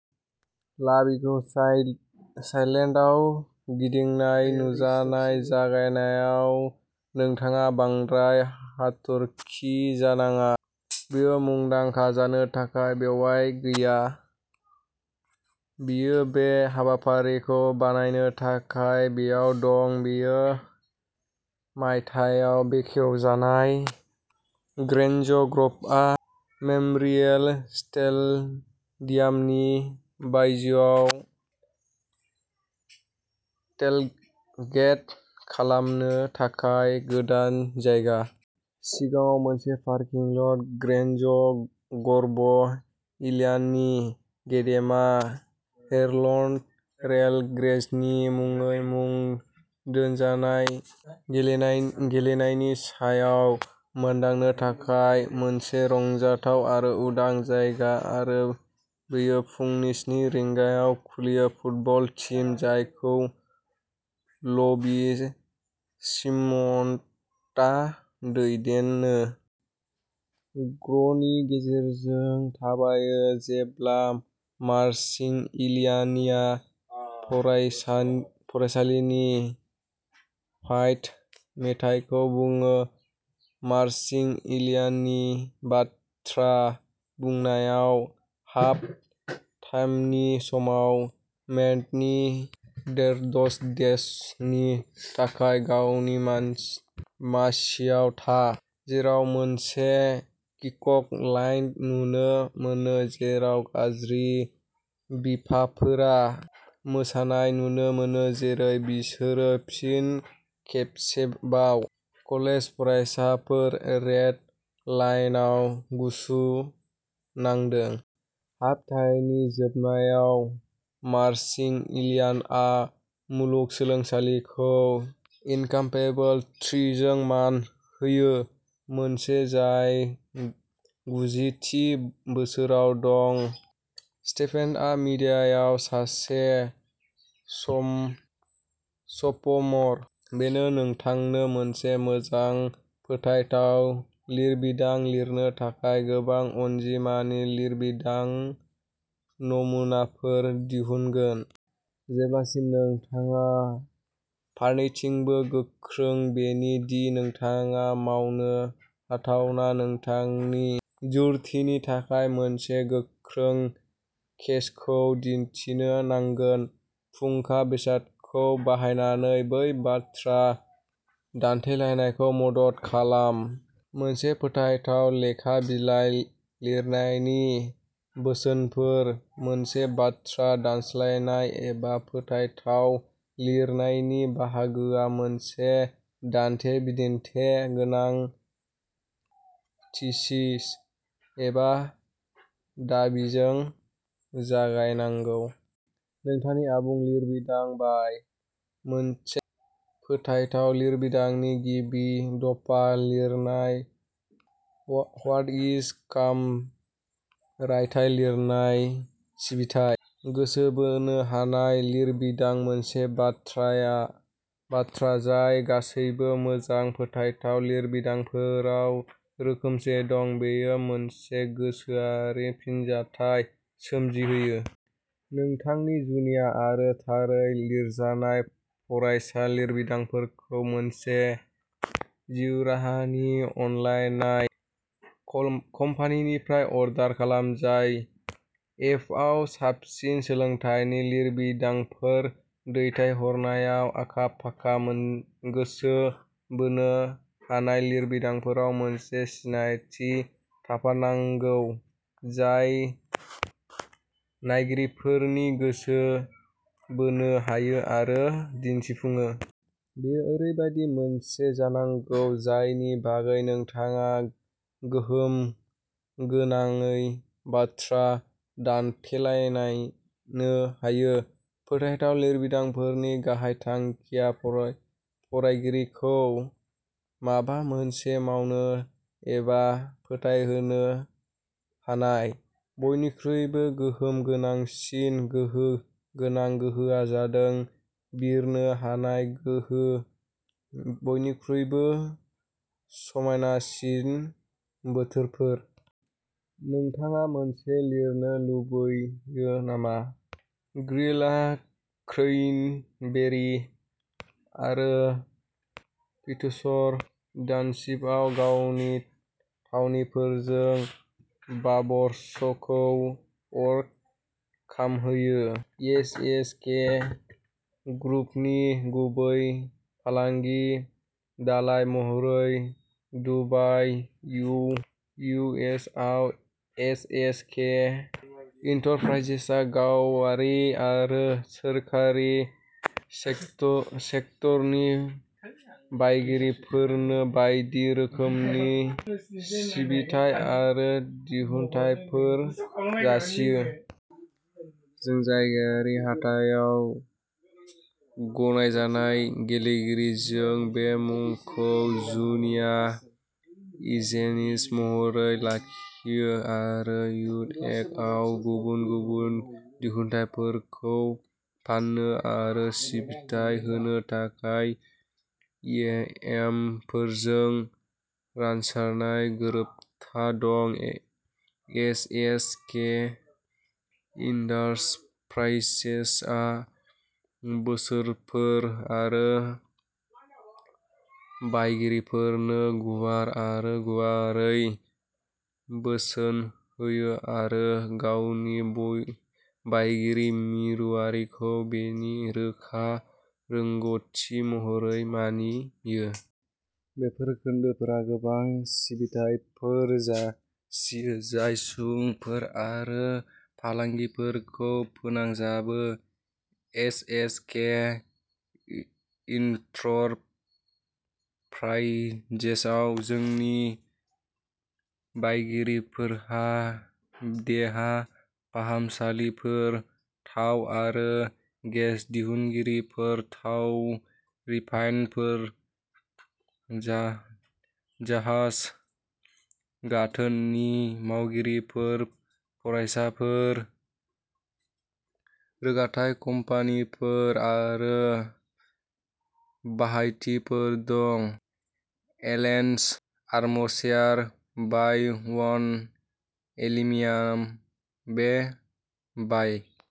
लाभीखौ साइडलाइनआव गिदिंनाय नुजानाय जायगायाव नोंथाङा बांद्राय हाथरखि जानाङा। बियो मुंदांखा जानो थाखाय बेयाव गैया। बियो बे हाबाफारिखौ बानायनो थाखाय बेयाव दं। बेयो मायथाइयाव बेखेवजानाय। ग्रेन्ज ग्र'भआ मेम'रियेल स्टेडियामनि बायजोआव टेलगेट खालामनो थाखाय गोदान जायगा। सिगाङाव मोनसे पारकिं ल'ट, ग्रेन्ज ग्र'भ इलिनीनि गेदेमा हेरल्ड रेड ग्रेन्जनि मुङै मुं दोनजानाय गेलेनायनि सानाव मोनदांनो थाखाय मोनसे रंजाथाव आरो उदां जायगा आरो बेयो फुंनि स्नि रिंगायाव खुलियो। फुटबल टीम, जायखौ लभि स्मिथआ दैदेनो। ग्र'वनि गेजेरजों थाबायो जेब्ला मारचिं इलिनीया फरायसालिनि फाइट मेथाइखौ बुयो। मारचिं इलिनीनि बाथ्रा बुंनायाव हाफ टाइमनि समाव बेन्डनि डेड्स डे श'नि थाखाय गावनि मासिआव था। जेराव मोनसे किक लाइन नुनो मोनो जेराव गाज्रि बिफाफोरा मोसानाय नुनो मोनो जेरै बिसोरो फिन खेबसेबाव कलेज फरायसाफोर रेड लायनआव गुसु नांदों। हाफ टाइमनि जोबनायाव मारचिं इलिनीआ मुलुग सोलोंसालिखौ इनकामपेबल थ्रीजों मान होयो। मोनसे जाय गुजि थि बोसोराव दं। स्टेफेनआ मिडियायाव सासे सफ'मर। बेयो नोंथांनो मोनसे मोजां फोथायथाव लिरबिदां लिरनो थाखाय गोबां अनजिमानि लिरबिदां नमुनाफोर दिहुनगोन। जेब्लासिम नोंथाङा फारनैथिंबो गोख्रों-बेनो दि नोंथाङा मावनो हाथावना। नोंथांनि जुक्तिनि थाखाय मोनसे गोख्रों केसखौ दिन्थिनो नांगौ। फुंखा बेसादखौ बाहायनानै। बै बाथ्रा दान्थेलायनायखौ मदद खालाम। मोनसे फोथायथाव लेखा बिलाइ लिरनायनि बोसोनफोर। मोनसे बाथ्रा दान्थेलायनाय एबा फोथायथाव लिरनायनि बाहागोआ मोनसे दान्थे-बिदान्थे गोनां थिसिस एबा दाबिजों जागायनांगौ। नोंथांनि आबुं लिरबिदां बाय। मोनसे फोथायथाव लिरबिदांनि गिबि दफा लिरनाय वाट इज. कम रायथाइ लिरनाय सिबिथाइ। गोसो बोनो हानाय लिरबिदां मोनसे बाथ्रा जाय गासैबो मोजां फोथायथाव लिरबिदांफोराव रोखोमसे दं। बेयो मोनसे गोसोआरि फिनजाथाय सोमजिहोयो। नोंथांनि जुनिया आरो थारै लिरजानाय फरायसा लिरबिदांफोरखौ मोनसे जिउराहायारि अनलाइन कम्पानिनिफ्राय अर्डार खालाम। जाय वेबआव साबसिन सोलोंथायारि लिरबिदांफोर दैथायहरनायाव आखा-फाखा गोसो बोनो हानाय लिरबिदांफोराव मोनसे सिनायथि थाफानांगौ जाय नायगिरिफोरनि गोसो बोनो हायो आरो दिन्थिफुङो। बेयो ओरैबायदि मोनसे जानांगौ जायनि बागै नोंथाङा गोहोम गोनाङै बाथ्रा दान्थेलायनो हायो। फोथायथाव लिरबिदांफोरनि गाहाय थांखिया फरायगिरिखौ माबा मोनसे मावनो एबा फोथायहोनो हानाय। बयनिख्रुइबो गोहोम गोनांसिन गोहो गोनां गोहोआ जादों बिरनो हानाय गोहो बयनिख्रुइबो समायनासिन बोथोरफोर। नोंथाङा मोनसे लिरनो लुगैयो नामा? ग्रिलआ क्रैनबेरी आरो पीटरस टाउनशिपआव गावनि थावनिफोरजों बाबरस'खौ अर खामहोयो। एस एस के ग्रुपनि गुबै फालांगि दालाय महरै दुबाइ इउ एइ आव एस एस के इन्टरप्राइजेसआ गावारि आरो सोरखारि सेक्टरनि बायगिरिफोरनो बायदि रोखोमनि सिबिथाय आरो दिहुनथायफोर जासियो। जों जायगायारि हाथायाव गनायजानाय गेलेगिरि। जों बे मुंखौ जुनिया एजेन्सि महरै लाखियो आरो इउ एइ आव गुबुन गुबुन दिहुनथायफोरखौ फाननो आरो सिबिथाइ होनो थाखाय इ एम फोरजों रानसारनाय गोरोबथा दं। एस एस के इन्टरप्राइजेसआ बोसोनफोर आरो बायगिरिफोरनो गुवार आरो गुवारै बोसोन होयो आरो गावनि बायगिरि मिरुआरिखौ बेनि रोखा रोंग'थि महरै मानियो। बेफोर खोन्दोफोरा गोबां सिबिथायफोर जासियो जाय सुबुंफोर आरो फालांगिफोरखौ फोनांजाबो। एस एस के इन्टरप्राइजेसआव जोंनि बायगिरिफोरहा देहा फाहामसालिफोर थाव आरो गेस दिहुनगिरिफोर थाव रिफाइनारफोर जाहाज गाथोननि मावख'गिरिफोर फरायसालिफोर, रोगाथाइ कम्पानिफोर आरो बाहायथिफोर दं। एलेन'र armchair bye one एलियाम way by